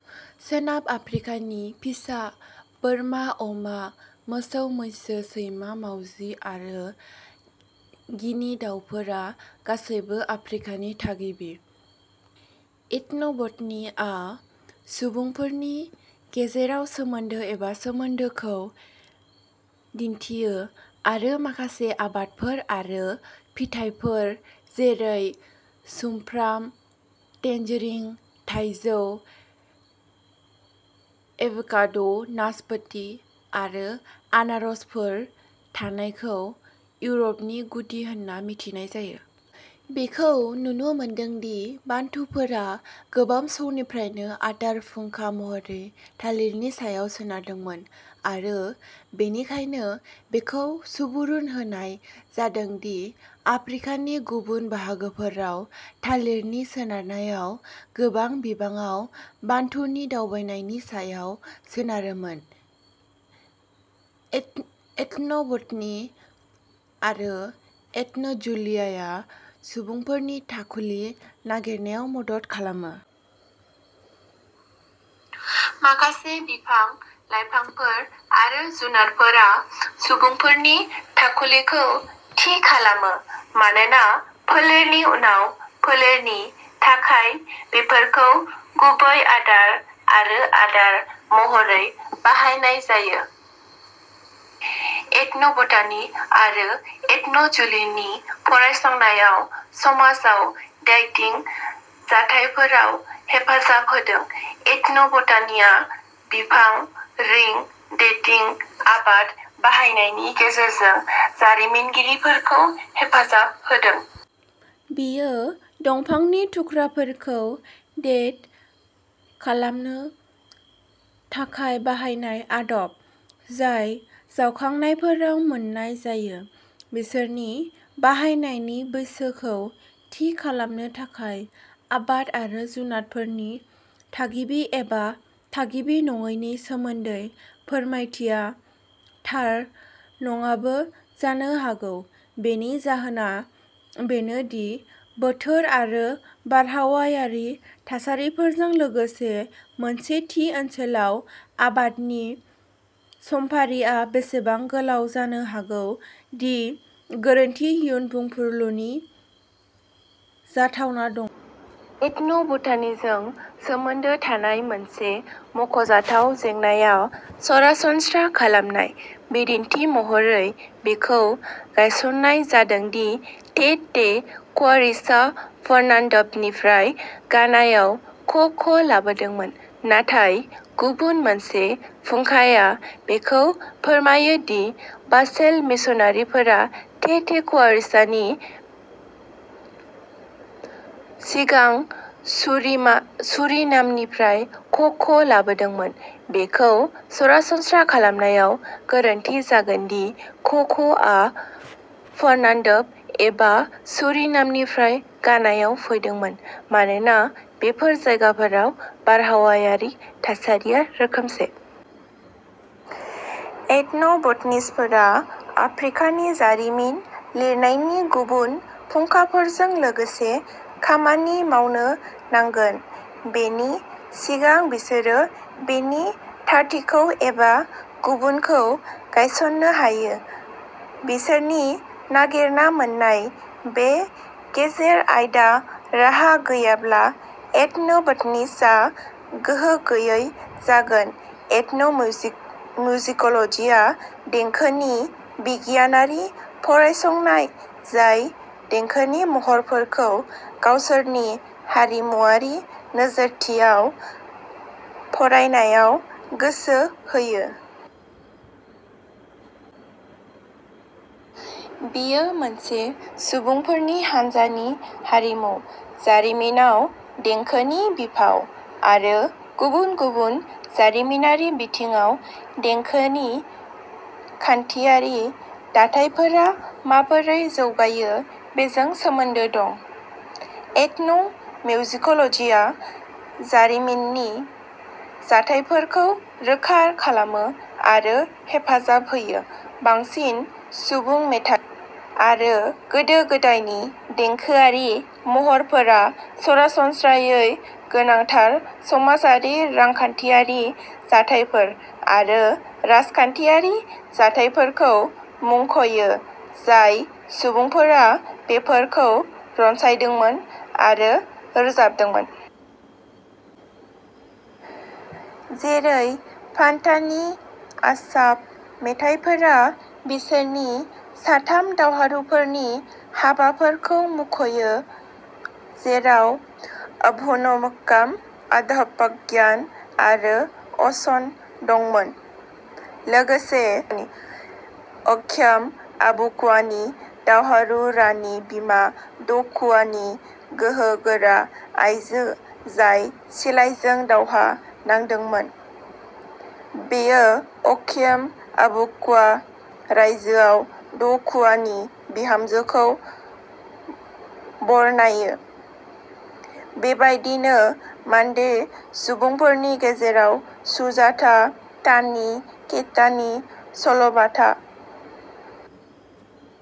सोनाब आफ्रिकानि फिसा बोरमा अमा मोसौ मैसो सैमा मावजि आरो गिनि दावफोरा गासैबो आफ्रिकानि थागिबि। एथन'बटनिआ सुबुंफोरनि गेजेराव सोमोन्दो एबा सोमोन्दोखौ दिन्थियो आरो माखासे आबादफोर आरो फिथाइफोर जेरै सुमफ्राम टेंजेरिन थाइजौ एभकाडो नासपति आरो आनारसफोर थानायखौ इउर'पनि गुदि होनना मिथिनाय जायो। बेखौ नुनो मोनदों दि बान्टुफोरा गोबाव समनिफ्रायनो आदार फुंखा महरै थालिरनि सायाव सोनारदोंमोन आरो बेनिखायनो बेखौ सुबुरुन होनाय जादों दि आफ्रिकानि गुबुन बाहागोफोराव थालिरनि सोनारनायाव गोबां बिबाङाव बान्थुनि दावबायनायनि सायाव सोनारोमोन। एथ एथन'बटनि आरो एथन'जुलियाया सुबुंफोरनि थाखुलि नागिरनायाव मदद खालामो। माखासे बिफां लाइफांफोर आरो जुनारफोरा सुबुंफोरनि थाखुलिखौ थि खालामो मानोना फोलेरनि उनाव फोलेरनि थाखाय बेफोरखौ गुबै आदार आरो आदार महरै बाहायनाय जायो। एथन'बटानि आरो एथन'जुलिनि फरायसंनायाव समाजाव डेटिं जाथायफोराव हेफाजाब होदों। एथन'बटानिआ बिफां रिं डेटिं आबाद बाहायनायनि गेजेरजों जारिमिनगिरिफोरखौ हेफाजाब होदों। बेयो दंफांनि थुख्राफोरखौ डेट खालामनो थाखाय बाहायनाय आदब जाय जावखांनायफोराव मोन्नाय जायो बिसोरनि बाहायनायनि बैसोखौ थि खालामनो थाखाय। आबाद आरो जुनारफोरनि थागिबि एबा थागिबि नङैनि सोमोन्दै फोरमायथिया थार नङाबो जानो हागौ। बेनि जाहोना बेनो दि बोथोर आरो बारहावायारि थासारिफोरजों लोगोसे मोनसे थि ओनसोलाव आबादनि समफारिआ एसेबां गोलाव जानो हागौ दि गोरोन्थि इयुन बुंफुरलुनि जाथावना दं। एथन'बटानिजों सोमोन्दो थानाय मोनसे मख'जाथाव जेंनाआ सरासनस्रा खालामनाय। बिदिन्थि महरै बेखौ गायसननाय जादों दि टेटेह कुवारसिआ फर्नान्डपनिफ्राय घानायाव क' क' लाबोदोंमोन नाथाय गुबुन मोनसे फुंखाया बेखौ फोरमायो दि बासेल मिशनारिफोरा टेटेह कुवारसानि सिगां सुरिमा सुरिनामनिफ्राय क' क' लाबोदोंमोन बेखौ सरासनस्रा खालामनायाव गोरोन्थि जागोन दि क' क' आ फर्नान्डप एबा सुरिनामनिफ्राय घानायाव फैदोंमोन मानोना बेफोर जायगाफोराव बारहावायारि थासारिया रोखोमसे। एथन'बटनिस्टफोरा आफ्रिकानि जारिमिन लिरनायनि गुबुन फुंखाफोरजों लोगोसे खामानि मावनो नांगोन बेनि सिगां बिसोरो बेनि थारथिखौ एबा गुबुनखौ गायसननो हायो। बिसोरनि नागिरना मोन्नाय बे गेजेर आयदा राहा गैयाब्ला एथन'बटनिआ गोहो गैयै जागोन। एथन'मिउजि मिउजिक'लजिया देंखोनि बिगियानारि फरायसंनाय जाय देंखोनि महरफोरखौ गावसोरनि हारिमुआरि नोजोरथियाव फरायनायाव गोसो होयो। बेयो मोनसे सुबुंफोरनि हान्जानि हारिमु जारिमिनाव देंखोनि बिफाव आरो गुबुन गुबुन जारिमिनारि बिथिङाव देंखोनि खान्थियारि दाथायफोरा माबोरै जौगायो बेजों सोमोन्दो दं। एथन' मिउजिक'लजिया जारिमिननि जाथायफोरखौ रोखा खालामो आरो हेफाजाब होयो। बांसिन सुबुं मेथाइ आरो गोदो गोदायनि देंखोआरि महरफोरा सरासनस्रायै गोनांथार समाजारि रांखान्थियारि जाथायफोर आरो राजखान्थियारि जाथायफोरखौ मुंखयो जाय सुबुंफोरा बेफोरखौ रनसायदोंमोन आरो रोजाबदोंमोन। जेरै फान्तानि आसाफ'मेथाइफोरा बिसोरनि साथाम दावहारुफोरनि हाबाफोरखौ मुंख'यो जेराव अबुनुमाकम अडापाग्यान आरो असन दंमोन। लोगोसे अकेयम आबुक्वानि दावहारु रानि बिमा ड'कुवा नि गोहो गोरा आइजो जाय सिलाइजों दावहा नांदोंमोन। बेयो अकेयम आबुक्वा रायजोआव ड'कुवा नि बिहोमाखौ बरनायो। बेबायदिनो मान्डे सुबुंफोरनि गेजेराव सुंजाता तानि केइटानि सल'बाथा।